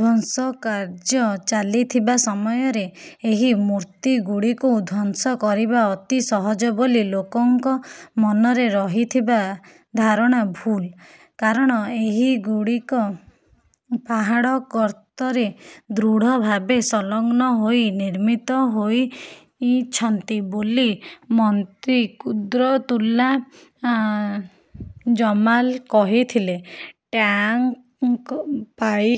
ଧ୍ୱଂସ କାର୍ଯ୍ୟ ଚାଲିଥିବା ସମୟରେ ଏହି ମୂର୍ତ୍ତିଗୁଡ଼ିକୁ ଧ୍ୱଂସ କରିବା ଅତି ସହଜ ବୋଲି ଲୋକଙ୍କ ମନରେ ରହିଥିବା ଧାରଣା ଭୁଲ, କାରଣ ଏହିଗୁଡ଼ିକ ପାହାଡ଼ ଗର୍ତ୍ତରେ ଦୃଢ଼ ଭାବେ ସଂଲଗ୍ନ ହୋଇ ନିର୍ମିତ ହୋଇଛନ୍ତି ବୋଲି ମନ୍ତ୍ରୀ କୁଦ୍ରତୁଲ୍ଲା ଜମାଲ୍ କହିଥିଲେ। ଟ୍ୟାଂକ୍ ପାଇଁ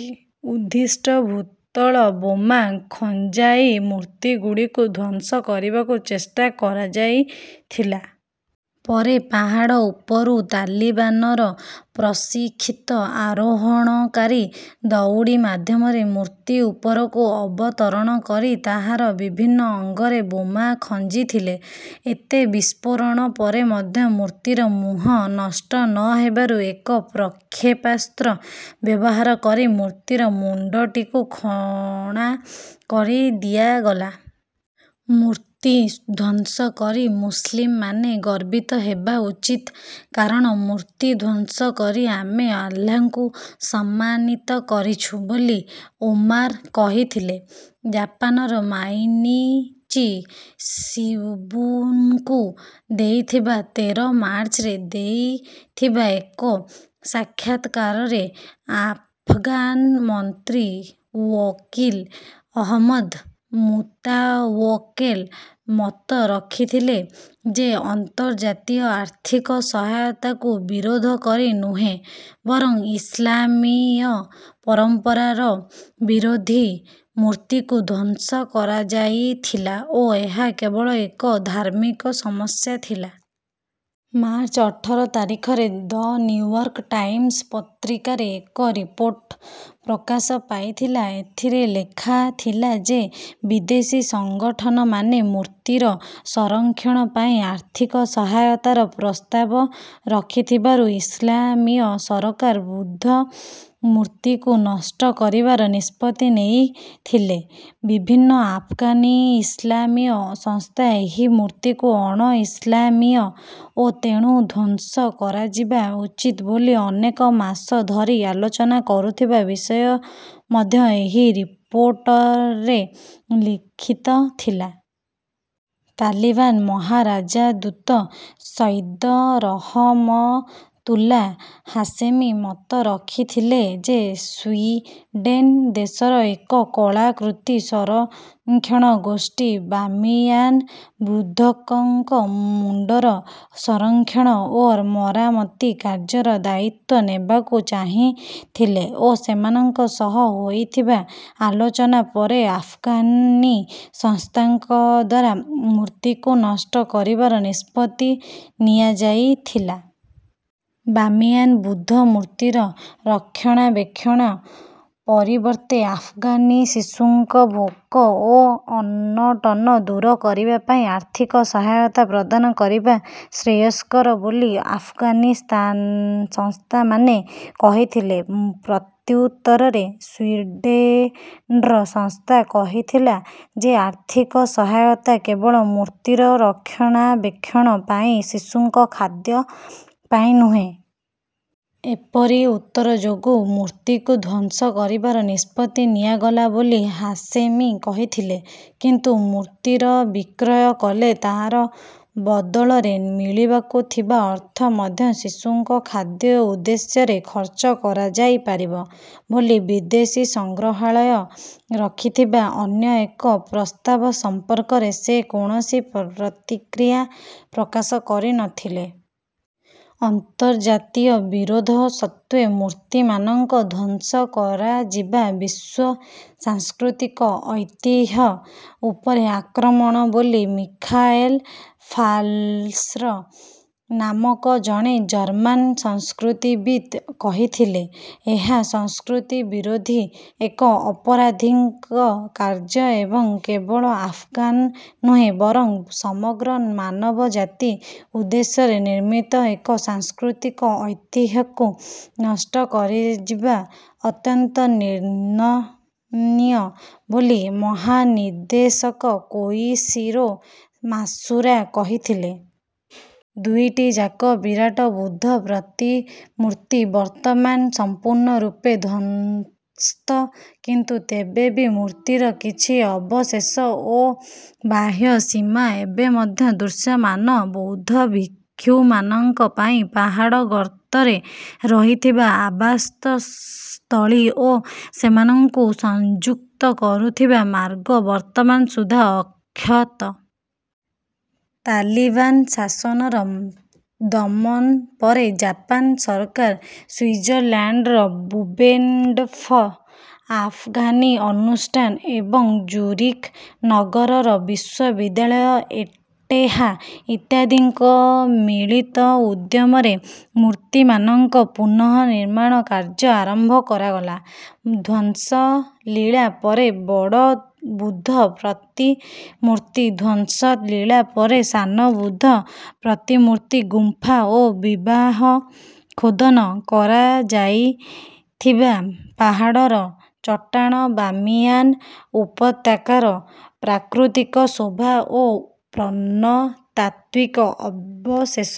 ଉଦ୍ଦିଷ୍ଟ ଭୂତଳ ବୋମା ଖଞ୍ଜାଇ ମୂର୍ତ୍ତିଗୁଡ଼ିକୁ ଧ୍ୱଂସ କରିବାକୁ ଚେଷ୍ଟା କରାଯାଇଥିଲା। ପରେ ପାହାଡ଼ ଉପରୁ ତାଲିବାନର ପ୍ରଶିକ୍ଷିତ ଆରୋହଣକାରୀ ଦଉଡ଼ି ମାଧ୍ୟମରେ ମୂର୍ତ୍ତି ଉପରକୁ ଅବତରଣ କରି ତାହାର ବିଭିନ୍ନ ଅଙ୍ଗରେ ବୋମା ଖଞ୍ଜିଥିଲେ। ଏତେ ବିସ୍ଫୋରଣ ପରେ ମଧ୍ୟ ମୂର୍ତ୍ତିର ମୁହଁ ନଷ୍ଟ ନ ହେବାରୁ ଏକ ପ୍ରକ୍ଷେପାସ୍ତ୍ର ବ୍ୟବହାର କରି ମୂର୍ତ୍ତିର ମୁଣ୍ଡଟିକୁ ଖଣା କରିଦିଆଗଲା। ମୂର୍ତ୍ତି ଧ୍ୱଂସ କରି ମୁସ୍ଲିମ୍ମାନେ ଗର୍ବିତ ହେବା ଉଚିତ୍ କାରଣ ମୂର୍ତ୍ତି ଧ୍ୱଂସକରି ଆମେ ଅଲ୍ଲାଙ୍କୁ ସମ୍ମାନିତ କରିଛୁ ବୋଲି ଓମାର୍ କହିଥିଲେ। ଜାପାନର ମାଇନିଚି ଶିଂବୁନ୍ଙ୍କୁ ଦେଇଥିବା ତେର ମାର୍ଚ୍ଚରେ ଦେଇଥିବା ଏକ ସାକ୍ଷାତକାରରେ ଆଫଗାନ ମନ୍ତ୍ରୀ ୱକିଲ୍ ଅହମଦ୍ ମୁତାୱକେଲ୍ ମତ ରଖିଥିଲେ ଯେ ଅନ୍ତର୍ଜାତୀୟ ଆର୍ଥିକ ସହାୟତାକୁ ବିରୋଧ କରି ନୁହେଁ ବରଂ ଇସ୍ଲାମୀୟ ପରମ୍ପରାର ବିରୋଧୀ ମୂର୍ତ୍ତିକୁ ଧ୍ୱଂସ କରାଯାଇଥିଲା ଓ ଏହା କେବଳ ଏକ ଧାର୍ମିକ ସମସ୍ୟା ଥିଲା। ମାର୍ଚ୍ଚ ଅଠର ତାରିଖରେ ଦ ନ୍ୟୁୟର୍କ୍ ଟାଇମ୍ସ ପତ୍ରିକାରେ ଏକ ରିପୋର୍ଟ ପ୍ରକାଶ ପାଇଥିଲା। ଏଥିରେ ଲେଖାଥିଲା ଯେ ବିଦେଶୀ ସଂଗଠନମାନେ ମୂର୍ତ୍ତିର ସଂରକ୍ଷଣ ପାଇଁ ଆର୍ଥିକ ସହାୟତାର ପ୍ରସ୍ତାବ ରଖିଥିବାରୁ ଇସ୍ଲାମୀୟ ସରକାର ବୁଦ୍ଧ ମୂର୍ତ୍ତିକୁ ନଷ୍ଟ କରିବାର ନିଷ୍ପତ୍ତି ନେଇଥିଲେ। ବିଭିନ୍ନ ଆଫଗାନି ଇସ୍ଲାମୀୟ ସଂସ୍ଥା ଏହି ମୂର୍ତ୍ତିକୁ ଅଣ-ଇସ୍ଲାମୀୟ ଓ ତେଣୁ ଧ୍ୱଂସ କରାଯିବା ଉଚିତ ବୋଲି ଅନେକ ମାସ ଧରି ଆଲୋଚନା କରୁଥିବା ବିଷୟ ମଧ୍ୟ ଏହି ରିପୋର୍ଟରେ ଲ୍ଲିଖିତ ଥିଲା। ତାଲିବାନ୍ ମହାରାଜଦୂତ ସୈଦ ରହମତୁଲ୍ଲା ହାଶେମି ମତ ରଖିଥିଲେ ଯେ ସ୍ୱିଡେନ୍ ଦେଶର ଏକ କଳାକୃତି ସଂରକ୍ଷଣ ଗୋଷ୍ଠୀ ବାମିୟାନ୍ ବୁଦ୍ଧଙ୍କ ମୁଣ୍ଡର ସଂରକ୍ଷଣ ଓ ମରାମତି କାର୍ଯ୍ୟର ଦାୟିତ୍ତ୍ୱ ନେବାକୁ ଚାହିଁଥିଲେ ଓ ସେମାନଙ୍କ ସହ ହୋଇଥିବା ଆଲୋଚନା ପରେ ଆଫଗାନି ସଂସ୍ଥାଙ୍କଦ୍ୱାରା ମୂର୍ତ୍ତିକୁ ନଷ୍ଟ କରିବାର ନିଷ୍ପତ୍ତି ନିଆଯାଇଥିଲା। ବାମିୟାନ୍ ବୁଦ୍ଧ ମୂର୍ତ୍ତିର ରକ୍ଷଣାବେକ୍ଷଣ ପରିବର୍ତ୍ତେ ଆଫଗାନି ଶିଶୁଙ୍କ ଭୋକ ଓ ଅନଟନ ଦୂର କରିବା ପାଇଁ ଆର୍ଥିକ ସହାୟତା ପ୍ରଦାନ କରିବା ଶ୍ରେୟସ୍କର ବୋଲି ଆଫଗାନି ସଂସ୍ଥାମାନେ କହିଥିଲେ। ପ୍ରତ୍ୟୁତ୍ତରରେ ସ୍ୱିଡେନ୍ର ସଂସ୍ଥା କହିଥିଲା ଯେ ଆର୍ଥିକ ସହାୟତା କେବଳ ମୂର୍ତ୍ତିର ରକ୍ଷଣାବେକ୍ଷଣ ପାଇଁ, ଶିଶୁଙ୍କ ଖାଦ୍ୟ ପାଇଁ ନୁହେଁ। ଏପରି ଉତ୍ତର ଯୋଗୁଁ ମୂର୍ତ୍ତିକୁ ଧ୍ୱଂସ କରିବାର ନିଷ୍ପତ୍ତି ନିଆଗଲା ବୋଲି ହାଶେମି କହିଥିଲେ। କିନ୍ତୁ ମୂର୍ତ୍ତିର ବିକ୍ରୟ କଲେ ତାହାର ବଦଳରେ ମିଳିବାକୁ ଥିବା ଅର୍ଥ ମଧ୍ୟ ଶିଶୁଙ୍କ ଖାଦ୍ୟ ଉଦ୍ଦେଶ୍ୟରେ ଖର୍ଚ୍ଚ କରାଯାଇପାରିବ ବୋଲି ବିଦେଶୀ ସଂଗ୍ରହାଳୟ ରଖିଥିବା ଅନ୍ୟ ଏକ ପ୍ରସ୍ତାବ ସମ୍ପର୍କରେ ସେ କୌଣସି ପ୍ରତିକ୍ରିୟା ପ୍ରକାଶ କରିନଥିଲେ। ଅନ୍ତର୍ଜାତୀୟ ବିରୋଧ ସତ୍ତ୍ୱେ ମୂର୍ତ୍ତିମାନଙ୍କ ଧ୍ୱଂସ କରାଯିବା ବିଶ୍ୱ ସାଂସ୍କୃତିକ ଐତିହ୍ୟ ଉପରେ ଆକ୍ରମଣ ବୋଲି ମିଖାଏଲ୍ ଫାଲ୍ସର୍ ନାମକ ଜଣେ ଜର୍ମାନ ସଂସ୍କୃତିବିତ୍ କହିଥିଲେ। ଏହା ସଂସ୍କୃତି ବିରୋଧୀ ଏକ ଅପରାଧିଙ୍କ କାର୍ଯ୍ୟ ଏବଂ କେବଳ ଆଫଗାନ ନୁହେଁ ବରଂ ସମଗ୍ର ମାନବ ଜାତି ଉଦ୍ଦେଶ୍ୟରେ ନିର୍ମିତ ଏକ ସାଂସ୍କୃତିକ ଐତିହ୍ୟକୁ ନଷ୍ଟ କରେଯିବା ଅତ୍ୟନ୍ତ ନିର୍ଣ୍ଣନୀୟ ବୋଲି ମହାନିର୍ଦ୍ଦେଶକ କୋଇଶିରୋ ମାତ୍ସୁରା କହିଥିଲେ। ଦୁଇଟି ଯାକ ବିରାଟ ବୁଦ୍ଧ ପ୍ରତିମୂର୍ତ୍ତି ବର୍ତ୍ତମାନ ସମ୍ପୂର୍ଣ୍ଣ ରୂପେ ଧ୍ୱସ୍ତ କିନ୍ତୁ ତେବେ ବି ମୂର୍ତ୍ତିର କିଛି ଅବଶେଷ ଓ ବାହ୍ୟ ସୀମା ଏବେ ମଧ୍ୟ ଦୃଶ୍ୟମାନ। ବୌଦ୍ଧ ଭିକ୍ଷୁମାନଙ୍କ ପାଇଁ ପାହାଡ଼ ଗର୍ତ୍ତରେ ରହିଥିବା ଆବାସ୍ଥ ସ୍ଥଳୀ ଓ ସେମାନଙ୍କୁ ସଂଯୁକ୍ତ କରୁଥିବା ମାର୍ଗ ବର୍ତ୍ତମାନ ସୁଦ୍ଧା ଅକ୍ଷତ। ତାଲିବାନ୍ ଶାସନର ଦମନ ପରେ ଜାପାନ ସରକାର, ସ୍ୱିଜରଲ୍ୟାଣ୍ଡର ବୁବେନ୍ଡର୍ଫ୍ ଆଫଗାନି ଅନୁଷ୍ଠାନ ଏବଂ ଜୁରିକ୍ ନଗରର ବିଶ୍ୱବିଦ୍ୟାଳୟ ଏଟେହା ଇତ୍ୟାଦିଙ୍କ ମିଳିତ ଉଦ୍ୟମରେ ମୂର୍ତ୍ତିମାନଙ୍କ ପୁନଃନିର୍ମାଣ କାର୍ଯ୍ୟ ଆରମ୍ଭ କରାଗଲା। ଧ୍ୱଂସ ଲୀଳା ପରେ ବଡ଼ ବୁଦ୍ଧ ପ୍ରତିମୂର୍ତ୍ତି ଧ୍ୱଂସ ଲୀଳା ପରେ ସାନ ବୁଦ୍ଧ ପ୍ରତିମୂର୍ତ୍ତି ଗୁମ୍ଫା ଓ ବିବାହ ଖୋଦନ କରାଯାଇଥିବା ପାହାଡ଼ର ଚଟ୍ଟାଣ ବାମିୟାନ୍ ଉପତ୍ୟକାର ପ୍ରାକୃତିକ ଶୋଭା ଓ ପ୍ରନତାତ୍ତ୍ୱିକ ଅବଶେଷ।